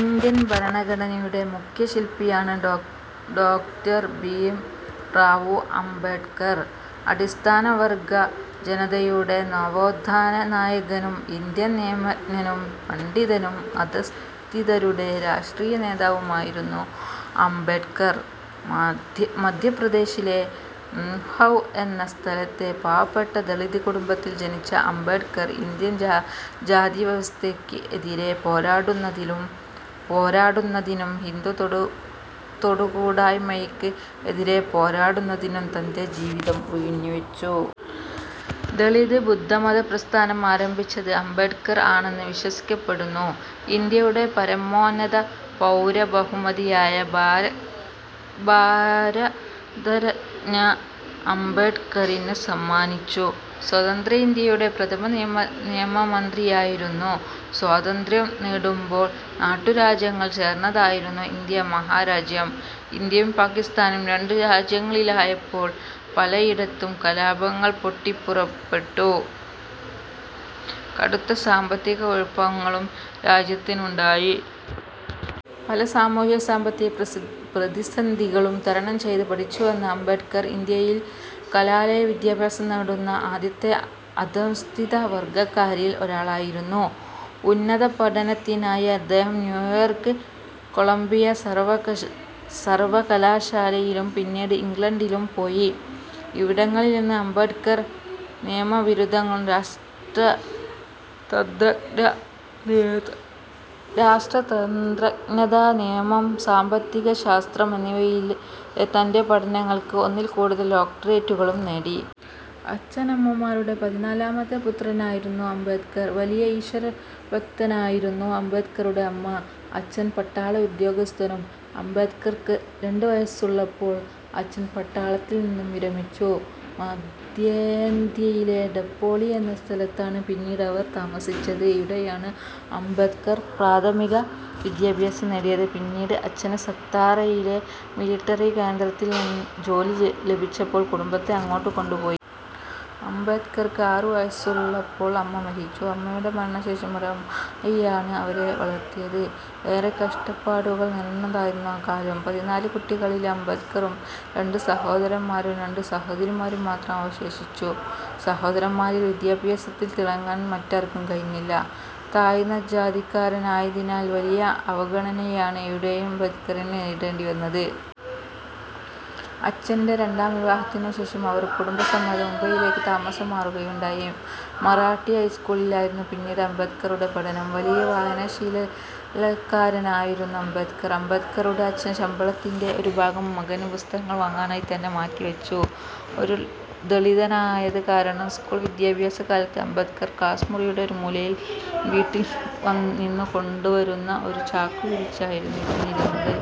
Indian ഭരണഘടനയുടെ മുഖ്യ ശില്പിയാണ് ഡോ. ഭീംറാവു അംബേഡ്കർ. അടിസ്ഥാനവർഗ്ഗ ജനതയുടെ നവോത്ഥാന നായകനും ഇന്ത്യൻ നിയമജ്ഞനും പണ്ഡിതനും അധഃസ്ഥിതരുടെ രാഷ്ട്രീയ നേതാവുമായിരുന്നു അംബേഡ്കർ. മധ്യപ്രദേശിലെ മ്ഹൌ എന്ന സ്ഥലത്തെ പാവപ്പെട്ട ദളിത് കുടുംബത്തിൽ ജനിച്ച അംബേഡ്കർ ഇന്ത്യൻ ജാതിവ്യവസ്ഥയ്ക്ക് എതിരേ പോരാടുന്നതിനും ഹിന്ദു തൊടുകൂടായ്മയ്ക്ക് എതിരേ പോരാടുന്നതിനും തന്റെ ജീവിതം ഉഴിഞ്ഞുവെച്ചു. ദളിത് ബുദ്ധമത പ്രസ്ഥാനം ആരംഭിച്ചത് അംബേഡ്കർ ആണെന്ന് വിശ്വസിക്കപ്പെടുന്നു. ഇന്ത്യയുടെ പരമോന്നത പൗരബഹുമതിയായ ഭാരതരത്ന അംബേഡ്കറിന് സമ്മാനിച്ചു. സ്വതന്ത്ര ഇന്ത്യയുടെ പ്രഥമ നിയമമന്ത്രിയായിരുന്നു. സ്വാതന്ത്ര്യം നേടുമ്പോൾ നാട്ടുരാജ്യങ്ങൾ ചേർന്നതായിരുന്നു ഇന്ത്യാ മഹാരാജ്യം. ഇന്ത്യയും പാകിസ്താനും രണ്ടു രാജ്യങ്ങളായപ്പോൾ പലയിടത്തും കലാപങ്ങൾ പൊട്ടിപ്പുറപ്പെട്ടു. കടുത്ത സാമ്പത്തിക കുഴപ്പങ്ങളും രാജ്യത്തിനുണ്ടായി. പല സാമൂഹിക സാമ്പത്തിക പ്രതിസന്ധികളും തരണം ചെയ്ത് പഠിച്ചുവന്ന അംബേഡ്കർ ഇന്ത്യയിൽ കലാലയ വിദ്യാഭ്യാസം നേടുന്ന ആദ്യത്തെ അധഃസ്ഥിതവർഗ്ഗക്കാരിൽ ഒരാളായിരുന്നു. ഉന്നതപഠനത്തിനായി അദ്ദേഹം ന്യൂയോർക്ക് കൊളംബിയ സർവ്വകലാശാലയിലും പിന്നീട് ഇംഗ്ലണ്ടിലും പോയി. ഇവിടങ്ങളിൽ നിന്ന് അംബേഡ്കർ നിയമബിരുദങ്ങളും രാഷ്ട്രതന്ത്രജ്ഞത, നിയമം, സാമ്പത്തികശാസ്ത്രം എന്നിവയിലെ തന്റെ പഠനങ്ങൾക്ക് ഒന്നിൽ കൂടുതൽ ഡോക്ടറേറ്റുകളും നേടി. അചഛനമ്മമാരുടെ പതിനാലാമത്തെ പുത്രനായിരുന്നു അംബേദ്കർ. വലിയ ഈശ്വരഭക്തയായിരുന്നു അംബേദ്കറുടെ അമ്മ. അച്ഛൻ പട്ടാള ഉദ്യോഗസ്ഥനും. അംബേദ്കർക്ക് രണ്ടു വയസ്സുള്ളപ്പോൾ അച്ഛൻ പട്ടാളത്തിൽ നിന്നും വിരമിച്ചു. മധ്യേന്ത്യയിലെ ഡപ്പോളി എന്ന സ്ഥലത്താണ് പിന്നീടവർ താമസിച്ചത്. ഇവിടെയാണ് അംബേദ്കർ പ്രാഥമിക വിദ്യാഭ്യാസം നേടിയത്. പിന്നീട് അച്ഛന് സത്താറയിലെ മിലിട്ടറി കേന്ദ്രത്തിൽ ജോലി ലഭിച്ചപ്പോൾ കുടുംബത്തെ അങ്ങോട്ടു കൊണ്ടുപോയി. അംബേദ്കർക്ക് ആറു വയസ്സുള്ളപ്പോൾ അമ്മ മരിച്ചു. അമ്മയുടെ മരണശേഷം ഒരു അമ്മായിയാണ് അവരെ വളർത്തിയത്. ഏറെ കഷ്ട്ടപ്പാടുകൾ നിറഞ്ഞതായിരുന്നു ആ കാലം. പതിനാല് കുട്ടികളിൽ അംബേദ്കറും രണ്ടു സഹോദരന്മാരും രണ്ടു സഹോദരിമാരും മാത്രം അവശേഷിച്ചു. സഹോദരന്മാരിൽ വിദ്യാഭ്യാസത്തിൽ തിളങ്ങാൻ മറ്റാർക്കും കഴിഞ്ഞില്ല. താഴ്ന്ന ജാതിക്കാരനായതിനാൽ വലിയ അവഗണനയാണ് എവിടെയും അംബേദ്കറിന് നേരിടേണ്ടി വന്നത്. അച്ഛന്റെ രണ്ടാം വിവാഹത്തിനു ശേഷം അവർ കുടുംബസമേതം മുംബൈയിലേക്ക് താമസം മാറുകയുണ്ടായി. മറാഠി ഹൈസ്ക്കൂളിലായിരുന്നു പിന്നീട് അംബേദ്കറുടെ പഠനം. വലിയ വായനാശീലക്കാരനായിരുന്നു അംബേദ്ക്കർ. അംബേദ്ക്കറുടെ അച്ഛൻ ശമ്പളത്തിന്റെ ഒരു ഭാഗം മകന് പുസ്തകങ്ങൾ വാങ്ങാനായി തന്നെ മാറ്റി വച്ചു. ഒരു ദളിതനായത് കാരണം സ്ക്കൂൾ വിദ്യഭ്യാസ കാലത്ത് അംബേദ്ക്കർ ക്ലാസ്മുറിയുടെ ഒരു മൂലയിൽ വീട്ടിൽ നിന്നു കൊണ്ടുവരുന്ന ഒരു ചാക്കു വിരിച്ചായിരിന്നു ഇരുന്നിരുന്നത്.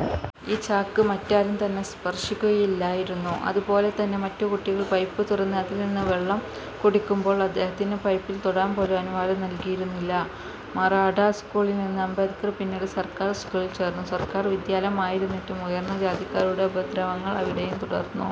ഈ ചാക്ക് മറ്റാരും തന്നെ സ്പർശിക്കുകയില്ലായിരുന്നു. അത് പോലെ തന്നെ മറ്റ് കുട്ടികൾ പൈപ്പ് തുറന്ന് അതിൽ നിന്ന് വെള്ളം കുടിക്കുമ്പോൾ അദ്ദേഹത്തിനു പൈപ്പിൽ തൊടാൻ പോലും അനുവാദം നൽകിയിരുന്നില്ല. മറാഠാ സ്ക്കൂളിൽ നിന്ന് അംബേദ്കർ പിന്നീട് സർക്കാർ സ്കൂളിൽ ചേർന്നു. സർക്കാർ വിദ്യാലയമായിരുന്നിട്ടും ഉയർന്ന ജാതിക്കാരുടെ ഉപദ്രവങ്ങൾ അവിടെയും തുടർന്നു.